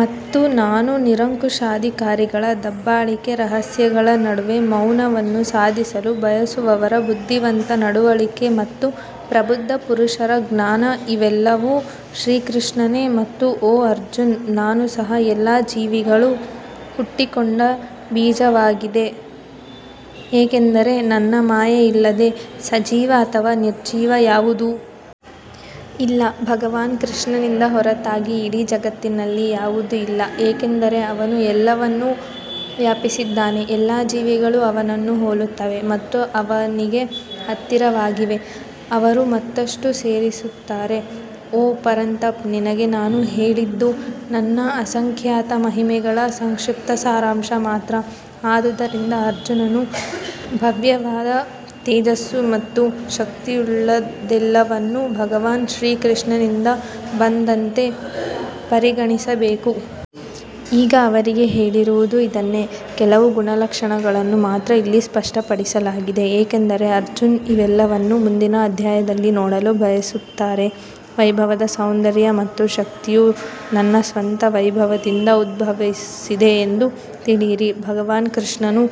ಮತ್ತು ನಾನು ನಿರಂಕುಶಾಧಿಕಾರಿಗಳ ದಬ್ಬಾಳಿಕೆ ರಹಸ್ಯಗಳ ನಡುವೆ ಮೌನವನ್ನು ಸಾಧಿಸಲು ಬಯಸುವವರ ಬುದ್ಧಿವಂತ ನಡವಳಿಕೆ ಮತ್ತು ಪ್ರಬುದ್ಧ ಪುರುಷರ ಜ್ಞಾನ ಇವೆಲ್ಲವೂ ಶ್ರೀಕೃಷ್ಣನೇ ಮತ್ತು ಓ ಅರ್ಜುನ್ ನಾನು ಸಹ ಎಲ್ಲಾ ಜೀವಿಗಳು ಹುಟ್ಟಿಕೊಂಡ ಬೀಜವಾಗಿದೆ ಏಕೆಂದರೆ ನನ್ನ ಮಾಯೆಯಿಲ್ಲದೆ ಸಜೀವ ಅಥವಾ ನಿರ್ಜೀವ ಯಾವುದೂ ಇಲ್ಲ ಭಗವಾನ್ ಕೃಷ್ಣನಿಂದ ಹೊರತಾಗಿ ಇಡೀ ಜಗತ್ತಿನಲ್ಲಿ ಯಾವುದೂ ಇಲ್ಲ ಏಕೆಂದರೆ ಅವನು ಎಲ್ಲವನ್ನೂ ವ್ಯಾಪಿಸಿದ್ದಾನೆ ಎಲ್ಲಾ ಜೀವಿಗಳು ಅವನನ್ನು ಹೋಲುತ್ತವೆ ಮತ್ತು ಅವನಿಗೆ ಹತ್ತಿರವಾಗಿವೆ ಅವರು ಮತ್ತಷ್ಟು ಸೇರಿಸುತ್ತಾರೆ ಓ ಪರಂತಪ್ ನಿನಗೆ ನಾನು ಹೇಳಿದ್ದು ನನ್ನ ಅಸಂಖ್ಯಾತ ಮಹಿಮೆಗಳ ಸಂಕ್ಷಿಪ್ತ ಸಾರಾಂಶ ಮಾತ್ರ ಆದುದರಿಂದ ಅರ್ಜುನನು ಭವ್ಯವಾದ ತೇಜಸ್ಸು ಮತ್ತು ಶಕ್ತಿಯುಳ್ಳದ್ದೆಲ್ಲವನ್ನು ಭಗವಾನ್ ಶ್ರೀಕೃಷ್ಣನಿಂದ ಬಂದಂತೆ ಪರಿಗಣಿಸಬೇಕು. ಈಗ ಅವರಿಗೆ ಹೇಳಿರುವುದು ಇದನ್ನೇ ಕೆಲವು ಗುಣಲಕ್ಷಣಗಳನ್ನು ಮಾತ್ರ ಇಲ್ಲಿ ಸ್ಪಷ್ಟಪಡಿಸಲಾಗಿದೆ ಏಕೆಂದರೆ ಅರ್ಜುನ್ ಇವೆಲ್ಲವನ್ನೂ ಮುಂದಿನ ಅಧ್ಯಾಯದಲ್ಲಿ ನೋಡಲು ಬಯಸುತ್ತಾರೆ ವೈಭವದ ಸೌಂದರ್ಯ ಮತ್ತು ಶಕ್ತಿಯು ನನ್ನ ಸ್ವಂತ ವೈಭವದಿಂದ ಉದ್ಭವಿಸಿದೆ ಎಂದು ತಿಳಿಯಿರಿ ಭಗವಾನ್ ಕೃಷ್ಣನು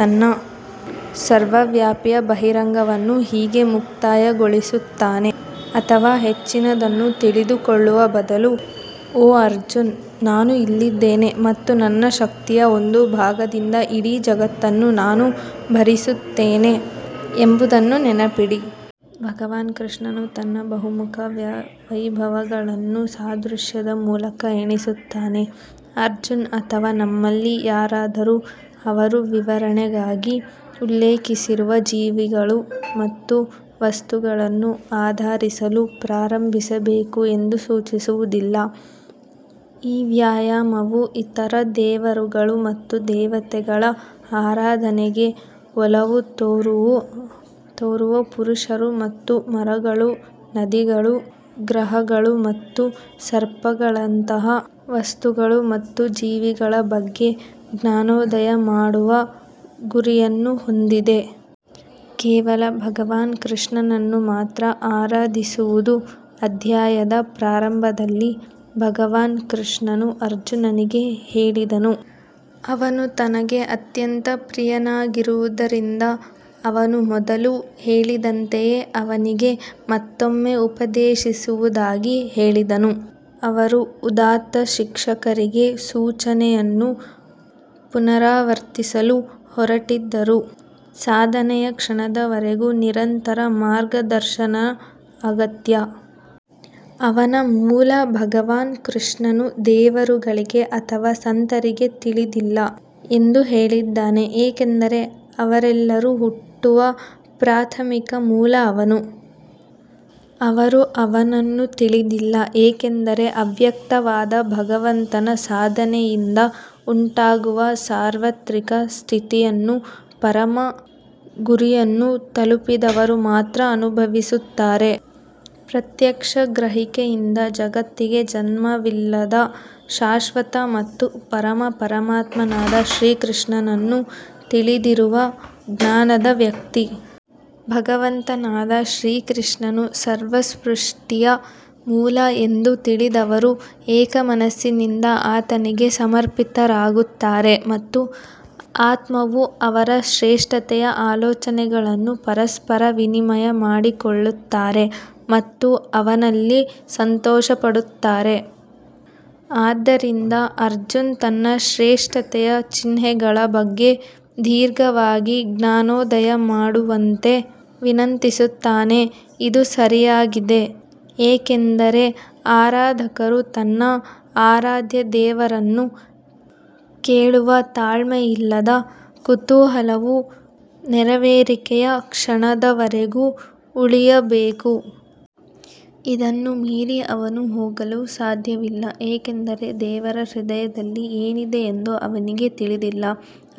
ತನ್ನ ಸರ್ವವ್ಯಾಪಿಯ ಬಹಿರಂಗವನ್ನು ಹೀಗೆ ಮುಕ್ತಾಯಗೊಳಿಸುತ್ತಾನೆ ಅಥವಾ ಹೆಚ್ಚಿನದನ್ನು ತಿಳಿದುಕೊಳ್ಳುವ ಬದಲು ಓ ಅರ್ಜುನ್ ನಾನು ಇಲ್ಲಿದ್ದೇನೆ ಮತ್ತು ನನ್ನ ಶಕ್ತಿಯ ಒಂದು ಭಾಗದಿಂದ ಇಡೀ ಜಗತ್ತನ್ನು ನಾನು ಭರಿಸುತ್ತೇನೆ ಎಂಬುದನ್ನು ನೆನಪಿಡಿ. ಭಗವಾನ್ ಕೃಷ್ಣನು ತನ್ನ ಬಹುಮುಖ ವೈಭವಗಳನ್ನು ಸಾದೃಶ್ಯದ ಮೂಲಕ ಎಣಿಸುತ್ತಾನೆ ಅರ್ಜುನ್ ಅಥವಾ ನಮ್ಮಲ್ಲಿ ಯಾರಾದರೂ ಅವರು ವಿವರಣೆಗಾಗಿ ಉಲ್ಲೇಖಿಸಿರುವ ಜೀವಿಗಳು ಮತ್ತು ವಸ್ತುಗಳನ್ನು ಆರಾಧಿಸಲು ಪ್ರಾರಂಭಿಸಬೇಕು ಎಂದು ಸೂಚಿಸುವುದಿಲ್ಲ ಈ ವ್ಯಾಯಾಮವು ಇತರ ದೇವರುಗಳು ಮತ್ತು ದೇವತೆಗಳ ಆರಾಧನೆಗೆ ಒಲವು ತೋರುವ ಪುರುಷರು ಮತ್ತು ಮರಗಳು ನದಿಗಳು ಗ್ರಹಗಳು ಮತ್ತು ಸರ್ಪಗಳಂತಹ ವಸ್ತುಗಳು ಮತ್ತು ಜೀವಿಗಳ ಬಗ್ಗೆ ಜ್ಞಾನೋದಯ ಮಾಡುವ ಗುರಿಯನ್ನು ಹೊಂದಿದೆ. ಕೇವಲ ಭಗವಾನ್ ಕೃಷ್ಣನನ್ನು ಮಾತ್ರ ಆರಾಧಿಸುವುದು ಅಧ್ಯಾಯದ ಪ್ರಾರಂಭದಲ್ಲಿ ಭಗವಾನ್ ಕೃಷ್ಣನು ಅರ್ಜುನನಿಗೆ ಹೇಳಿದನು, ಅವನು ತನಗೆ ಅತ್ಯಂತ ಪ್ರಿಯನಾಗಿರುವುದರಿಂದ ಅವನು ಮೊದಲು ಹೇಳಿದಂತೆಯೇ ಅವನಿಗೆ ಮತ್ತೊಮ್ಮೆ ಉಪದೇಶಿಸುವುದಾಗಿ ಹೇಳಿದನು. ಅವರು ಉದಾತ್ತ ಶಿಕ್ಷಕರಿಗೆ ಸೂಚನೆಯನ್ನು ಪುನರಾವರ್ತಿಸಲು ಹೊರಟಿದ್ದರು, ಸಾಧನೆಯ ಕ್ಷಣದವರೆಗೂ ನಿರಂತರ ಮಾರ್ಗದರ್ಶನ ಅಗತ್ಯ. ಅವನ ಮೂಲ ಭಗವಾನ್ ಕೃಷ್ಣನು ದೇವರುಗಳಿಗೆ ಅಥವಾ ಸಂತರಿಗೆ ತಿಳಿದಿಲ್ಲ ಎಂದು ಹೇಳಿದ್ದಾನೆ ಏಕೆಂದರೆ ಅವರೆಲ್ಲರೂ ಹುಟ್ಟುವ ಪ್ರಾಥಮಿಕ ಮೂಲ ಅವನು. ಅವರು ಅವನನ್ನು ತಿಳಿದಿಲ್ಲ ಏಕೆಂದರೆ ಅವ್ಯಕ್ತವಾದ ಭಗವಂತನ ಸಾಧನೆಯಿಂದ ಉಂಟಾಗುವ ಸಾರ್ವತ್ರಿಕ ಸ್ಥಿತಿಯನ್ನು ಪರಮ ಗುರಿಯನ್ನು ತಲುಪಿದವರು ಮಾತ್ರ ಅನುಭವಿಸುತ್ತಾರೆ. ಪ್ರತ್ಯಕ್ಷ ಗ್ರಹಿಕೆಯಿಂದ ಜಗತ್ತಿಗೆ ಜನ್ಮವಿಲ್ಲದ ಶಾಶ್ವತ ಮತ್ತು ಪರಮ ಪರಮಾತ್ಮನಾದ ಶ್ರೀಕೃಷ್ಣನನ್ನು ತಿಳಿದಿರುವ ಜ್ಞಾನದ ವ್ಯಕ್ತಿ. ಭಗವಂತನಾದ ಶ್ರೀಕೃಷ್ಣನು ಸರ್ವಸೃಷ್ಟಿಯ ಮೂಲ ಎಂದು ತಿಳಿದವರು ಏಕಮನಸ್ಸಿನಿಂದ ಆತನಿಗೆ ಸಮರ್ಪಿತರಾಗುತ್ತಾರೆ ಮತ್ತು ಆತ್ಮವು ಅವರ ಶ್ರೇಷ್ಠತೆಯ ಆಲೋಚನೆಗಳನ್ನು ಪರಸ್ಪರ ವಿನಿಮಯ ಮಾಡಿಕೊಳ್ಳುತ್ತಾರೆ ಮತ್ತು ಅವನಲ್ಲಿ ಸಂತೋಷಪಡುತ್ತಾರೆ. ಆದ್ದರಿಂದ ಅರ್ಜುನ್ ತನ್ನ ಶ್ರೇಷ್ಠತೆಯ ಚಿಹ್ನೆಗಳ ಬಗ್ಗೆ ದೀರ್ಘವಾಗಿ ಜ್ಞಾನೋದಯ ಮಾಡುವಂತೆ ವಿನಂತಿಸುತ್ತಾನೆ ಇದು ಸರಿಯಾಗಿದೆ ಏಕೆಂದರೆ ಆರಾಧಕರು ತನ್ನ ಆರಾಧ್ಯ ದೇವರನ್ನು ಕೇಳುವ ತಾಳ್ಮೆಯಿಲ್ಲದ ಕುತೂಹಲವು ನೆರವೇರಿಕೆಯ ಕ್ಷಣದವರೆಗೂ ಉಳಿಯಬೇಕು. ಇದನ್ನು ಮೀರಿ ಅವನು ಹೋಗಲು ಸಾಧ್ಯವಿಲ್ಲ ಏಕೆಂದರೆ ದೇವರ ಹೃದಯದಲ್ಲಿ ಏನಿದೆ ಎಂದು ಅವನಿಗೆ ತಿಳಿದಿಲ್ಲ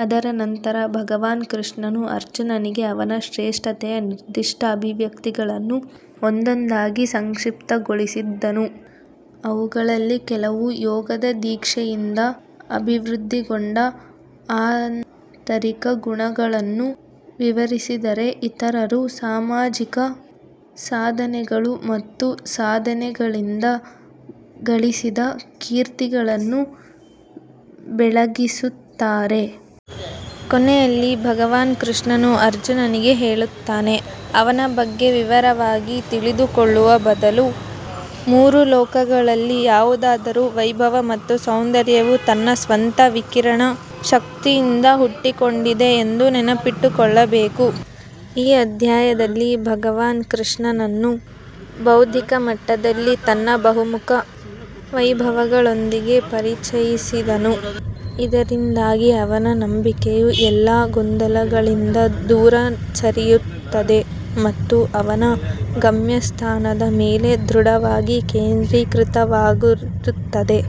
ಅದರ ನಂತರ ಭಗವಾನ್ ಕೃಷ್ಣನು ಅರ್ಜುನನಿಗೆ ಅವನ ಶ್ರೇಷ್ಠತೆಯ ನಿರ್ದಿಷ್ಟ ಅಭಿವ್ಯಕ್ತಿಗಳನ್ನು ಒಂದೊಂದಾಗಿ ಸಂಕ್ಷಿಪ್ತಗೊಳಿಸಿದನು ಅವುಗಳಲ್ಲಿ ಕೆಲವು ಯೋಗದ ದೀಕ್ಷೆಯಿಂದ ಅಭಿವೃದ್ಧಿಗೊಂಡ ಆಂತರಿಕ ಗುಣಗಳನ್ನು ವಿವರಿಸಿದರೆ ಇತರರು ಸಾಮಾಜಿಕ ಸಾಧನೆಗಳು ಮತ್ತು ಸಾಧನೆಗಳಿಂದ ಗಳಿಸಿದ ಕೀರ್ತಿಗಳನ್ನು ಬೆಳಗಿಸುತ್ತಾರೆ. ಕೊನೆಯಲ್ಲಿ, ಭಗವಾನ್ ಕೃಷ್ಣನು ಅರ್ಜುನನಿಗೆ ಹೇಳುತ್ತಾನೆ, ಅವನ ಬಗ್ಗೆ ವಿವರವಾಗಿ ತಿಳಿದುಕೊಳ್ಳುವ ಬದಲು, ಮೂರು ಲೋಕಗಳಲ್ಲಿ ಯಾವುದಾದರೂ ವೈಭವ ಮತ್ತು ಸೌಂದರ್ಯವು ತನ್ನ ಸ್ವಂತ ವಿಕಿರಣ ಶಕ್ತಿಯಿಂದ ಹುಟ್ಟಿಕೊಂಡಿದೆ ಎಂದು ನೆನಪಿಟ್ಟುಕೊಳ್ಳಬೇಕು. ಈ ಅಧ್ಯಾಯದಲ್ಲಿ ಭಗವಾನ್ ಕೃಷ್ಣನು ಅರ್ಜುನನನ್ನು ಬೌದ್ಧಿಕ ಮಟ್ಟದಲ್ಲಿ ತನ್ನ ಬಹುಮುಖ ವೈಭವಗಳೊಂದಿಗೆ ಪರಿಚಯಿಸಿದನು ಇದರಿಂದಾಗಿ ಅವನ ನಂಬಿಕೆಯು ಎಲ್ಲಾ ಗೊಂದಲಗಳಿಂದ ದೂರ ಸರಿಯುತ್ತದೆ ಮತ್ತು ಅವನ ಗಮ್ಯಸ್ಥಾನದ ಮೇಲೆ ದೃಢವಾಗಿ ಕೇಂದ್ರೀಕೃತವಾಗಿರುತ್ತದೆ.